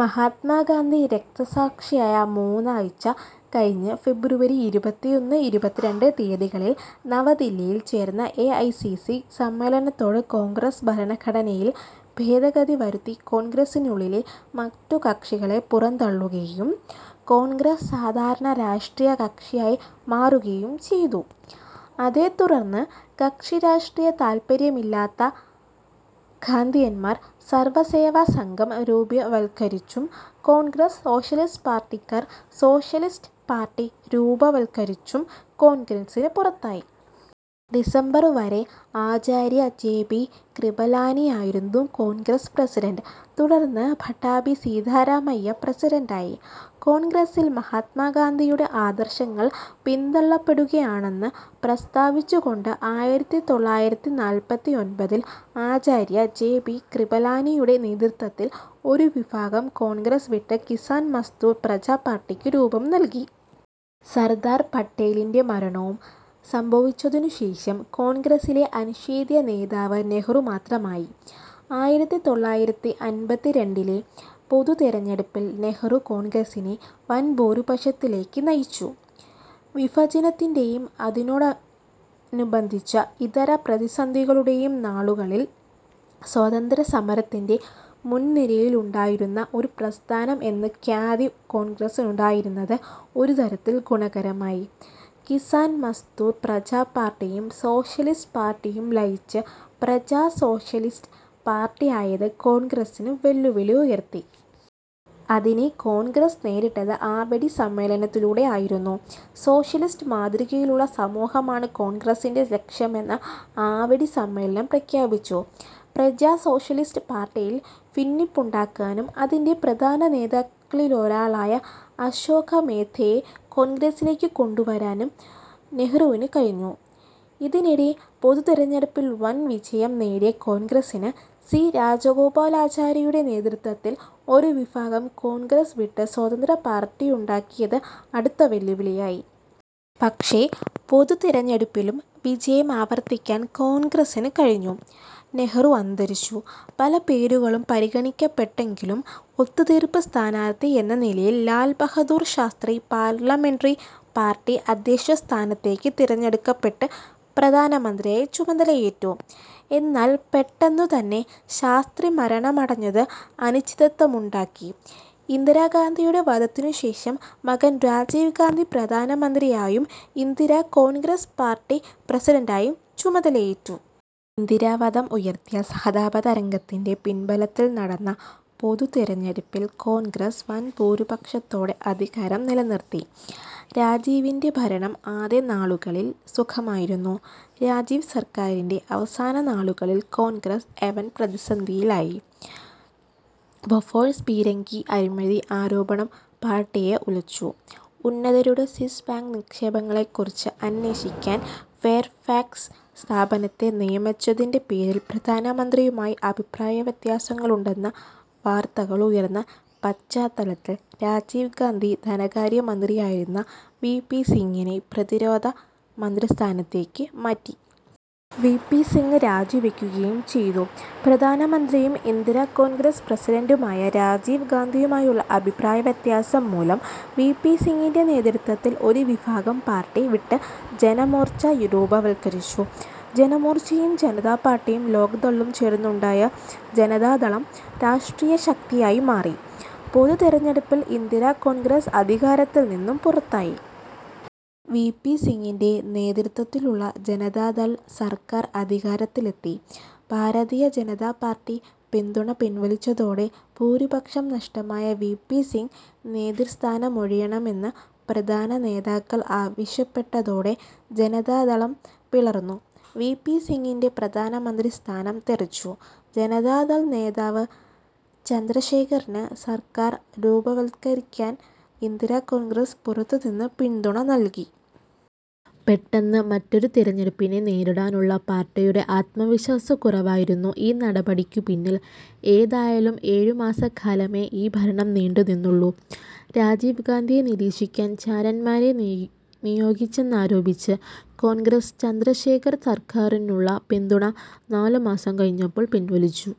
മഹാത്മാ ഗാന്ധി രക്തസാക്ഷിയായി മൂന്നാഴ്ച കഴിഞ്ഞ് ഫെബ്രുവരി ഇരുപത്തിയൊന്ന്, ഇരുപത്തിരണ്ട് തീയതികളിൽ നവദില്ലിയിൽ ചേർന്ന എ ഐ സി സി സമ്മേളനത്തോടെ കോൺഗ്രസ് ഭരണഘടനയിൽ ഭേദഗതി വരുത്തി കോൺഗ്രസിനുള്ളിലെ മറ്റു കക്ഷികളെ പുറന്തള്ളുകയും കോൺഗ്രസ് സാധാരണ രാഷ്ട്രീയ കക്ഷിയായി മാറുകയും ചെയ്തു. അതേത്തുടർന്ന് കക്ഷിരാഷ്ട്രീയ താൽപര്യമില്ലാത്ത ഗാന്ധിയന്മാർ സർവ സേവാ സംഘം രൂപവൽക്കരിച്ചും കോൺഗ്രസ് സോഷ്യലിസ്റ്റ് പാർട്ടിക്കാർ സോഷ്യലിസ്റ്റ് പാർട്ടി രൂപവൽക്കരിച്ചും കോൺഗ്രസിന് പുറത്തായി. ഡിസംബർ വരെ ആചാര്യ ജെ ബി കൃപലാനിയായിരുന്നു കോൺഗ്രസ് പ്രസിഡന്റ്. തുടർന്ന് പട്ടാഭി സീതാരാമയ്യ പ്രസിഡന്റായി. കോൺഗ്രസിൽ മഹാത്മാഗാന്ധിയുടെ ആദർശങ്ങൾ പിന്തള്ളപ്പെടുകയാണെന്ന് പ്രസ്താവിച്ചുകൊണ്ട് ആയിരത്തി തൊള്ളായിരത്തി നാല്പത്തിയൊൻപതിൽ ആചാര്യ ജെ ബി കൃപലാനിയുടെ നേതൃത്വത്തിൽ ഒരുവിഭാഗം കോൺഗ്രസ് വിട്ട് കിസാൻ മസ്ദൂർ പ്രജാ പാർട്ടിക്ക് രൂപം നൽകി. സർദാർ പട്ടേലിൻ്റെ മരണവും സംഭവിച്ചതിനുശേഷം കോൺഗ്രസിലെ അനിഷേധ്യ നേതാവ് നെഹ്രു മാത്രമായി. ആയിരത്തി തൊള്ളായിരത്തി അമ്പത്തിരണ്ടിലെ പൊതു തിരഞ്ഞെടുപ്പിൽ നെഹ്രു കോൺഗ്രസിനെ വൻഭൂരിപക്ഷത്തിലേക്ക് നയിച്ചു. വിഭജനത്തിൻ്റെ യും അതിനോടനുബന്ധിച്ച ഇതര പ്രതിസന്ധികളുടെയും നാളുകളിൽ സ്വാതന്ത്ര്യസമരത്തിൻ്റെ മുൻനിരയിലുണ്ടായിരുന്ന ഒരു പ്രസ്ഥാനം എന്ന ഖ്യാതി കോൺഗ്രസിനുണ്ടായിരുന്നത് ഒരുതരത്തിൽ ഗുണകരമായി. കിസാൻ മസ്ദൂർ പ്രജാ പാർട്ടിയും സോഷ്യലിസ്റ്റ് പാർട്ടിയും ലയിച്ച് പ്രജാ സോഷ്യലിസ്റ്റ് പാർട്ടിയായത് കോൺഗ്രസിന് വെല്ലുവിളിയുയർത്തി. അതിനെ കോൺഗ്രസ് നേരിട്ടത് ആവടി സമ്മേളനത്തിലൂടെയായിരുന്നു. സോഷ്യലിസ്റ്റ് മാതൃകയിലുള്ള സമൂഹമാണ് കോൺഗ്രസിൻ്റെ ലക്ഷ്യമെന്ന് ആവടി സമ്മേളനം പ്രഖ്യാപിച്ചു. പ്രജാ സോഷ്യലിസ്റ്റ് പാർട്ടിയിൽ ഭിന്നിപ്പുണ്ടാക്കാനും അതിൻ്റെ പ്രധാന നേതാക്കളിലൊരാളായ അശോക മേത്തയെ കോൺഗ്രസിലേക്ക് കൊണ്ടുവരാനും നെഹ്രുവിന് കഴിഞ്ഞു. ഇതിനിടെ പൊതു തിരഞ്ഞെടുപ്പിൽ വൻവിജയം നേടിയ കോൺഗ്രസിന് സി രാജഗോപാലാചാരിയുടെ നേതൃത്വത്തിൽ ഒരു വിഭാഗം കോൺഗ്രസ് വിട്ട് സ്വതന്ത്ര പാർട്ടിയുണ്ടാക്കിയത് അടുത്ത വെല്ലുവിളിയായി. പക്ഷേ, പൊതു തിരഞ്ഞെടുപ്പിലും വിജയം ആവർത്തിക്കാൻ കോൺഗ്രസിന് കഴിഞ്ഞു. നെഹ്രു അന്തരിച്ചു. പല പേരുകളും പരിഗണിക്കപ്പെട്ടെങ്കിലും ഒത്തുതീർപ്പ് സ്ഥാനാർഥി എന്ന നിലയിൽ ലാൽ ബഹാദൂർ ശാസ്ത്രി പാർലമെന്ററി പാർട്ടി അധ്യക്ഷസ്ഥാനത്തേക്ക് തിരഞ്ഞെടുക്കപ്പെട്ട് പ്രധാനമന്ത്രിയായി ചുമതലയേറ്റു. എന്നാൽ പെട്ടെന്നുതന്നെ ശാസ്ത്രി മരണമടഞ്ഞത് അനിശ്ചിതത്വമുണ്ടാക്കി. ഇന്ദിരാ ഗാന്ധിയുടെ വധത്തിനുശേഷം മകൻ രാജീവ് ഗാന്ധി പ്രധാനമന്ത്രിയായും ഇന്ദിരാ കോൺഗ്രസ് പാർട്ടി പ്രസിഡന്റായും ചുമതലയേറ്റു. ഇന്ദിരാ വധം ഉയർത്തിയ സഹതാപതരംഗത്തിൻ്റെ പിൻബലത്തിൽ നടന്ന പൊതു തിരഞ്ഞെടുപ്പിൽ കോൺഗ്രസ് വൻഭൂരിപക്ഷത്തോടെ അധികാരം നിലനിർത്തി. രാജീവിൻ്റെ ഭരണം ആദ്യ നാളുകളിൽ സുഗമമായിരുന്നു. രാജീവ് സർക്കാരിൻ്റെ അവസാന നാളുകളിൽ കോൺഗ്രസ് ഐ വൻ പ്രതിസന്ധിയിലായി. ബോഫോഴ്സ് പീരങ്കി അഴിമതി ആരോപണം പാർട്ടിയെ ഉലച്ചു. ഉന്നതരുടെ സ്വിസ് ബാങ്ക് നിക്ഷേപങ്ങളെക്കുറിച്ച് അന്വേഷിക്കാൻ ഫെയർഫാക്സ് സ്ഥാപനത്തെ നിയമിച്ചതിൻ്റെ പേരിൽ പ്രധാനമന്ത്രിയുമായി അഭിപ്രായവ്യത്യാസങ്ങളുണ്ടെന്ന വാർത്തകളുയർന്ന പശ്ചാത്തലത്തിൽ രാജീവ് ഗാന്ധി ധനകാര്യ മന്ത്രിയായിരുന്ന വി പി സിംഗിനെ പ്രതിരോധ മന്ത്രിസ്ഥാനത്തേക്ക് മാറ്റി. വി പി സിംഗ് രാജിവയ്ക്കുകയും ചെയ്തു. പ്രധാനമന്ത്രിയും ഇന്ദിരാ കോൺഗ്രസ് പ്രസിഡന്റുമായ രാജീവ് ഗാന്ധിയുമായുള്ള അഭിപ്രായവ്യത്യാസം മൂലം വി പി സിംഗിൻ്റെ നേതൃത്വത്തിൽ ഒരു വിഭാഗം പാർട്ടി വിട്ട് ജനമോർച്ച രൂപവൽക്കരിച്ചു. ജനമോർച്ചയും ജനതാ പാർട്ടിയും ലോക് ദളും ചേർന്നുണ്ടായ ജനതാദളം രാഷ്ട്രീയശക്തിയായി മാറി. പൊതു തിരഞ്ഞെടുപ്പിൽ ഇന്ദിരാ കോൺഗ്രസ് അധികാരത്തിൽനിന്നും പുറത്തായി. വി പി സിംഗിൻ്റെ നേതൃത്വത്തിലുള്ള ജനതാദൾ സർക്കാർ അധികാരത്തിലെത്തി. ഭാരതീയ ജനതാ പാർട്ടി പിന്തുണ പിൻവലിച്ചതോടെ ഭൂരിപക്ഷം നഷ്ടമായ വി പി സിംഗ് നേതൃസ്ഥാനമൊഴിയണമെന്ന് പ്രധാനനേതാക്കൾ ആവശ്യപ്പെട്ടതോടെ ജനതാദളം പിളർന്നു. വി പി സിംഗിൻ്റെ പ്രധാനമന്ത്രിസ്ഥാനം തെറിച്ചു. ജനതാദൾ നേതാവ് ചന്ദ്രശേഖറിന് സർക്കാർ രൂപവത്കരിക്കാൻ ഇന്ദിരാ കോൺഗ്രസ് പുറത്തുനിന്ന് പിന്തുണ നൽകി. പെട്ടെന്ന് മറ്റൊരു തിരഞ്ഞെടുപ്പിനെ നേരിടാനുള്ള പാർട്ടിയുടെ ആത്മവിശ്വാസക്കുറവായിരുന്നു ഈ നടപടിക്കു പിന്നിൽ. ഏതായാലും ഏഴുമാസക്കാലമേ ഈ ഭരണം നീണ്ടുനിന്നുള്ളൂ. രാജീവ് ഗാന്ധിയെ നിരീക്ഷിക്കാൻ ചാരന്മാരെ നിയോഗിച്ചെന്നാ നിയോഗിച്ചെന്നാരോപിച്ച് കോൺഗ്രസ് ചന്ദ്രശേഖർ സർക്കാരിനുള്ള പിന്തുണ നാലുമാസം കഴിഞ്ഞപ്പോൾ പിൻവലിച്ചു.